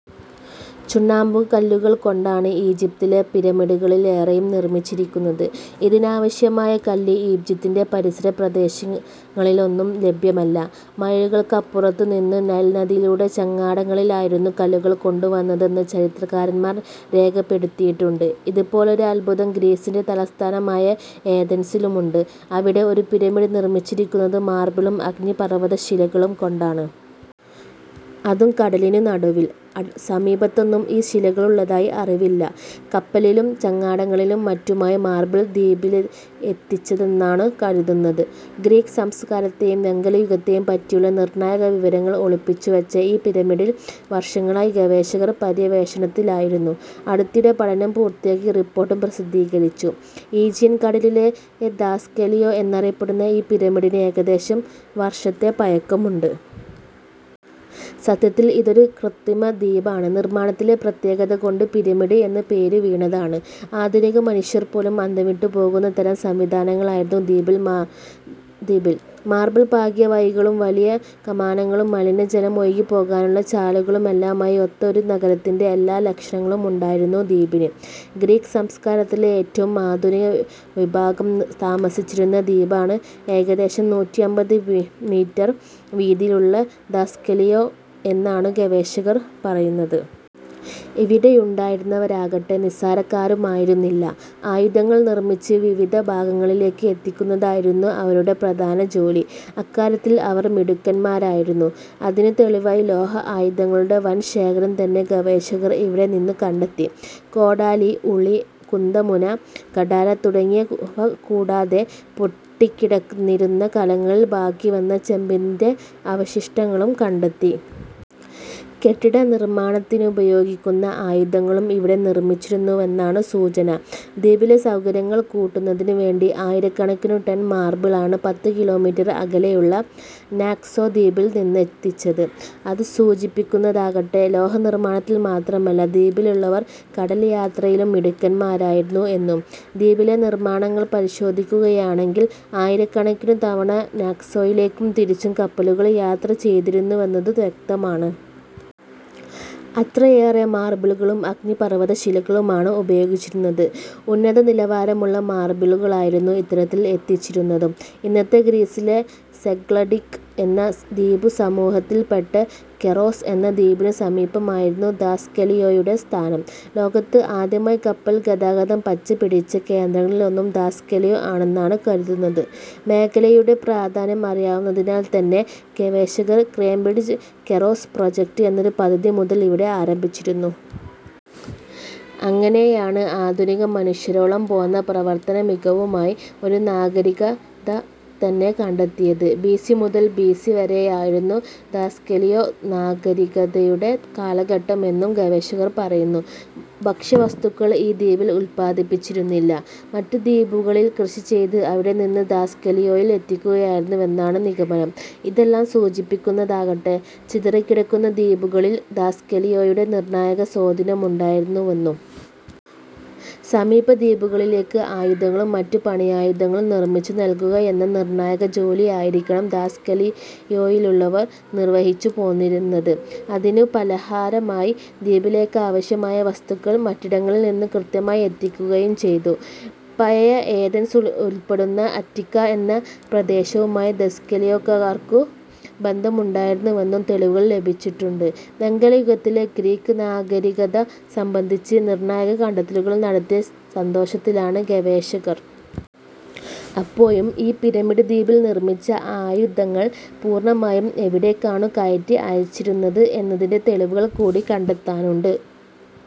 ചുണ്ണാമ്പുകല്ലുകൾ കൊണ്ടാണ് ഈജിപ്തിലെ പിരമിഡുകളിലേറെയും നിർമിച്ചിരിക്കുന്നത്. ഇതിനാവശ്യമായ കല്ല് ഈജിപ്തിന്‍റെ പരിസര പ്രദേശങ്ങളിലൊന്നും ലഭ്യമല്ല. മൈലുകൾക്കപ്പുറത്തു നിന്ന് നൈൽ നദിയിലൂടെ ചങ്ങാടങ്ങളിലായിരുന്നു കല്ലുകൾ കൊണ്ടുവന്നതെന്ന് ചരിത്രകാരന്മാർ രേഖപ്പെടുത്തിയിട്ടുണ്ട്. ഇതുപോലൊരു അദ്ഭുതം ഗ്രീസിന്‍റെ തലസ്ഥാനമായ ഏതൻസിലുമുണ്ട്. അവിടെ ഒരു ' പിരമിഡ് ' നിർമിച്ചിരിക്കുന്നത് മാർബിളും അഗ്നിപർവതശിലകളും കൊണ്ടാണ്. അതും കടലിനു നടുവിൽ. സമീപത്തൊന്നും ഈ ശിലകളുള്ളതായി അറിവില്ല. കപ്പലിലും ചങ്ങാടങ്ങളിലും മറ്റുമായി മാർബിൾ ദ്വീപിലെത്തിച്ചതാണെന്നാണു കരുതുന്നത്. ഗ്രീക്ക് സംസ്കാരത്തെയും വെങ്കലയുഗത്തെയും പറ്റിയുള്ള നിർണായക വിവരങ്ങൾ ഒളിപ്പിച്ചു വച്ച ഈ പിരമിഡിൽ വർഷങ്ങളായി ഗവേഷകർ പര്യവേഷണത്തിലായിരുന്നു. അടുത്തിടെ പഠനം പൂർത്തിയാക്കി റിപ്പോർട്ടും പ്രസിദ്ധീകരിച്ചു. ഈജിയൻ കടലിലെ ധാസ്കലിയോ എന്നറിയപ്പെടുന്ന ഈ പിരമിഡിന് ഏകദേശം വർഷത്തെ പഴക്കമുണ്ട്. സത്യത്തിൽ ഇതൊരു കൃത്രിമദ്വീപാണ്. നിർമാണത്തിലെ പ്രത്യേകത കൊണ്ട് പിരമിഡ് എന്നു പേരു വീണതാണ്. ആധുനിക മനുഷ്യർ പോലും അന്തംവിട്ടു പോകുന്ന തരം സംവിധാനങ്ങളായിരുന്നു ദ്വീപിൽ. മാർബിൾ പാകിയ വഴികളും വലിയ കമാനങ്ങളും മലിനജലം ഒഴുകിപ്പോകാനുള്ള ചാലുകളുമെല്ലാമായി ഒത്ത ഒരു നഗരത്തിന്‍റെ എല്ലാ ലക്ഷണങ്ങളുമുണ്ടായിരുന്നു ദ്വീപിന്. ഗ്രീക്ക് സംസ്കാരത്തിലെ ഏറ്റവും ആധുനികവിഭാഗം താമസിച്ചിരുന്ന ദ്വീപാണ് ഏകദേശം നൂറ്റിയമ്പത് മീറ്റർ വീതിയുള്ള ധാസ്കലിയോ എന്നാണു ഗവേഷകർ പറയുന്നത്. ഇവിടെയുണ്ടായിരുന്നവരാകട്ടെ നിസ്സാരക്കാരുമായിരുന്നില്ല. ആയുധങ്ങൾ നിർമിച്ച് വിവിധ ഭാഗങ്ങളിലേക്ക് എത്തിക്കുന്നതായിരുന്നു ഇവരുടെ പ്രധാന ജോലി. അക്കാര്യത്തിൽ ഇവർ മിടുക്കന്മാരുമായിരുന്നു. അതിനു തെളിവായി ലോഹ ആയുധങ്ങളുടെ വൻ ശേഖരം തന്നെ ഗവേഷകർ ഇവിടെ നിന്നു കണ്ടെത്തി. കോടാലി, ഉളി, കുന്തമുന, കഠാര തുടങ്ങിയവ കൂടാതെ പൊട്ടിക്കിടന്നിരുന്ന കലങ്ങളിൽ ബാക്കി വന്ന ചെമ്പിന്‍റെ അവശിഷ്ടങ്ങളും കണ്ടെത്തി. കെട്ടിട നിർമാണത്തിനുപയോഗിക്കുന്ന ആയുധങ്ങളും ഇവിടെ നിർമിച്ചിരുന്നുവെന്നാണു സൂചന. ദ്വീപിലെ സൗകര്യങ്ങൾ കൂട്ടുന്നതിനു വേണ്ടി ആയിരക്കണക്കിനു ടൺ മാർബിളാണ് പത്ത് കിലോമീറ്റർ അകലെയുള്ള നാക്സോ ദ്വീപിൽ നിന്നെത്തിച്ചത്. അതു സൂചിപ്പിക്കുന്നതാകട്ടെ, ലോഹനിർമാണത്തിൽ മാത്രമല്ല, ദ്വീപിലുള്ളവർ കടൽയാത്രയിലും മിടുക്കന്മാരായിരുന്നു എന്നും. ദ്വീപിലെ നിർമാണങ്ങൾ പരിശോധിക്കുകയാണെങ്കിൽ ആയിരക്കണക്കിനു തവണ നാക്സോയിലേക്കും തിരിച്ചും കപ്പലുകൾ യാത്ര ചെയ്തിരുന്നുവെന്നതു വ്യക്തമാണ്. അത്രയേറെ മാർബിളുകളും അഗ്നിപർവത ശിലകളുമാണ് ഉപയോഗിച്ചിരുന്നത്. ഉന്നത നിലവാരമുള്ള മാർബിളുകളായിരുന്നു ഇത്തരത്തിൽ എത്തിച്ചിരുന്നതും. ഇന്നത്തെ ഗ്രീസിലെ സെഗ്ലഡിക് എന്ന ദ്വീപുസമൂഹത്തിൽപ്പെട്ട കെറോസ് എന്ന ദ്വീപിനു സമീപമായിരുന്നു ധാസ്കലിയോയുടെ സ്ഥാനം. ലോകത്ത് ആദ്യമായി കപ്പൽ ഗതാഗതം പച്ചപിടിച്ച കേന്ദ്രങ്ങളിലൊന്നും ധാസ്കലിയോ ആണെന്നാണു കരുതുന്നത്. മേഖലയുടെ പ്രധാന്യം അറിയാവുന്നതിനാൽത്തന്നെ ഗവേഷകർ കേംബ്രിജ് കെറോസ് പ്രോജക്ട് എന്നൊരു പദ്ധതി മുതൽ ഇവിടെ ആരംഭിച്ചിരുന്നു. അങ്ങനെയാണ് ആധുനിക മനുഷ്യരോളം പോന്ന പ്രവർത്തനമികവുമായി ഒരു നാഗരികത തന്നെ കണ്ടെത്തിയത്. ബിസി മുതൽ ബിസി വരെയായിരുന്നു ധാസ്കലിയോ നാഗരികതയുടെ കാലഘട്ടമെന്നും ഗവേഷകർ പറയുന്നു. ഭക്ഷ്യവസ്തുക്കള്‍ ഈ ദ്വീപിൽ ഉൽപാദിപ്പിച്ചിരുന്നില്ല. മറ്റു ദ്വീപുകളില്‍ കൃഷി ചെയ്ത് അവിടെ നിന്ന് ധാസ്കലിയോയിൽ എത്തിക്കുകയായിരുന്നുവെന്നാണു നിഗമനം. ഇതെല്ലാം സൂചിപ്പിക്കുന്നതാകട്ടെ, ചിതറിക്കിടക്കുന്ന ദ്വീപുകളിൽ ധാസ്കലിയോയ്ക്കു നിർണായക സ്വാധീനമുണ്ടായിരുന്നെന്നും. സമീപദ്വീപുകളിലേക്ക് ആയുധങ്ങളും മറ്റു പണിയായുധങ്ങളും നിർമിച്ചു നൽകുകയെന്ന നിർണായക ജോലിയായിരിക്കണം ധാസ്കലിയോയിലുള്ളവർ നിർവഹിച്ചു പോന്നിരുന്നത്. അതിനു പലഹാരമായി ദ്വീപിലേക്കാവശ്യമായ വസ്തുക്കൾ മറ്റിടങ്ങളിൽ നിന്നു കൃത്യമായി എത്തിക്കുകയും ചെയ്തു. പഴയ ഏതൻസ് ഉൾപ്പെടുന്ന അറ്റിക്ക എന്ന പ്രദേശവുമായി ധാസ്കലിയോക്കാർക്കു ബന്ധമുണ്ടായിരുന്നെന്നും തെളിവുകൾ ലഭിച്ചിട്ടുണ്ട്. വെങ്കലയുഗത്തിലെ ഗ്രീക്ക് നാഗരികത സംബന്ധിച്ച് നിർണായക കണ്ടെത്തലുകൾ നടത്തിയ സന്തോഷത്തിലാണ് ഗവേഷകർ. അപ്പോഴും ഈ ' പിരമിഡ് ദ്വീപിൽ ' നിർമിച്ച ആയുധങ്ങൾ പൂർണമായും എവിടേക്കാണു കയറ്റി അയച്ചിരുന്നത് എന്നതിന്‍റെ തെളിവുകൾ കൂടി കണ്ടെത്താനുണ്ട്.